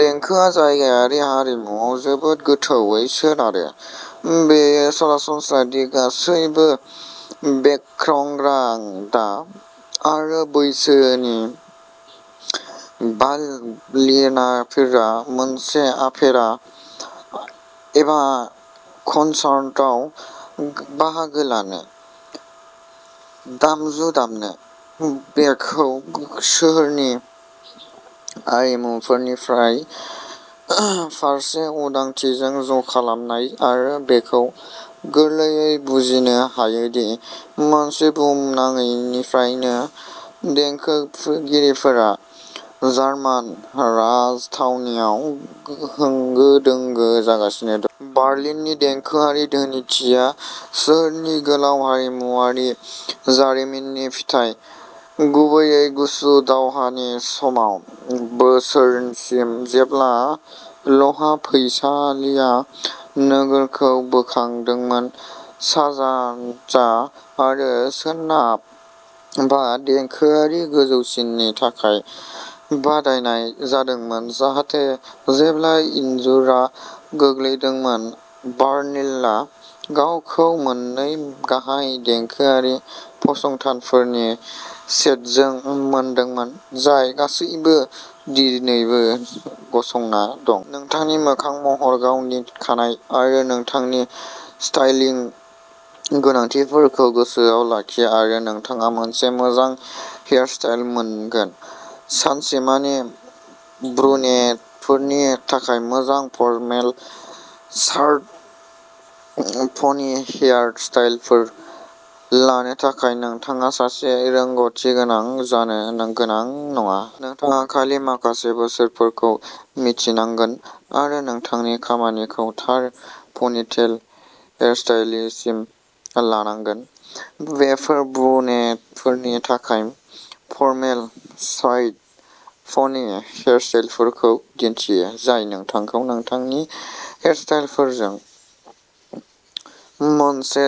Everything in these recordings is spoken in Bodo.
देंखोआ जायगायारि हारिमुआव जोबोद गोथौवै सोनारो। बेयो सरासनस्रा दि गासैबो बेकग्राउन्ड आरो बैसोनि बार्लिनारिफोरा मोनसे अपेरा एबा कनसार्टआव बाहागो लानो, नि बांसिन एमेचार क'यार्सफोरनि गेजेराव मोनसेयाव रोजाबनो, एबा मोनसे दामजु दामनो। बेखौ सोहोरनि आरिमुगिरिफोरनि फारसे उदारथिजों ज'खालाम आरो बेखौ गोरलैयै बुजिनो हायो दि मानो बुहुमनाङैनिफ्राय देंखोगिरिफोरा जार्मान राजथावनिआव होंगो-दोंगो जागासिनो दं। बार्लिन्नि देंखोआरि धोनिथिया सोहोरनि गोलाव हारिमुआरि जारिमिननि फिथाय, गुबैयै गुसु दावहानि समावः बोसोरसिम जेब्ला लहा फैसालिआ नोगोरखौ बोखावदोंमोन, सानजा आरो सोनाबआ देंखोआरि गोजौसिननि थाखाय बादायनाय जादोंमोन, जाहाथे जेब्ला इनजुरआ गोग्लैदोंमोन, बार्लिना गावखौ मोननै गाहाय देंखोआरि फसंथानफोरनि सेटजों मोनदोंमोन, जाय गासैबो दिनैबो गसंना दं। नोंथांनि मोखांनि महर, गावनि खानाय, आरो नोंथांनि स्टाइलिं गोनांथिफोरखौ गोसोआव लाखि आरो नोंथाङा मोनसे मोजां हेयारस्टाइल मोनगोन। सानसेमानि ब्रुनेटफोरनि थाखाय मोजां फरमेल साइड पनि हेयारस्टाइलफोर लानो थाखाय नोंथाङा सासे रोंग'थिगोनां जानो गोनां नङा। नोंथाङा खालि माखासे बोसोनफोरखौ मिथिनांगोन आरो नोंथांनि खामानिखौ थार पनिटेल हेयारस्टाइलसिम लांनांगोन। बेफोर ब्रुनेटफोरनि थाखाय फरमेल साइड पनि हेयारस्टाइलफोरखौ दिन्थियो, जाय नोंथांखौ नोंथांनि हेयारस्टाइलिस्टजों मोनसे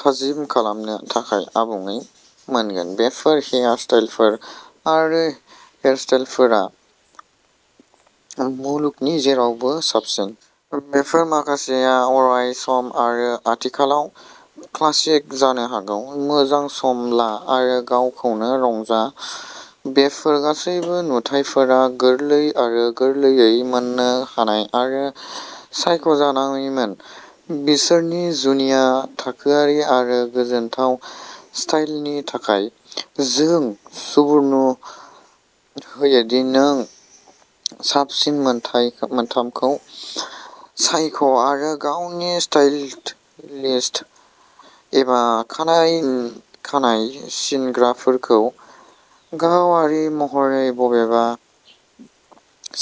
थाजिम खालामनो थाखाय आबुङै मोनगोन। बेफोर हेयारस्टाइलफोर आरो हेयारकाटफोरा मुलुगनि जेरावबो साबसिन। बेफोरनि माखासेआ अरायसम आरो आथिखालाव क्लासिक जानो हागौ। मोजां सम ला आरो गावखौनो रंजा, बेफोर गासैबो नुथाइफोरा गोरलै आरो गोरलैयै मोननो हानाय आरो सायख'जानायमोन। बिसोरनि जुनिया थाखोआरि आरो गोजोनथाव स्टाइलनि थाखाय। जों सुबुरुन होयो दि नों साबसिन मोनथामखौ सायख'आरो गावनि स्टाइलिस्ट एबा खानाइनि खानाय सिनग्राफोरजों गावारि महरै बबेआ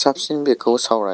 साबसिन बेखौ सावराय।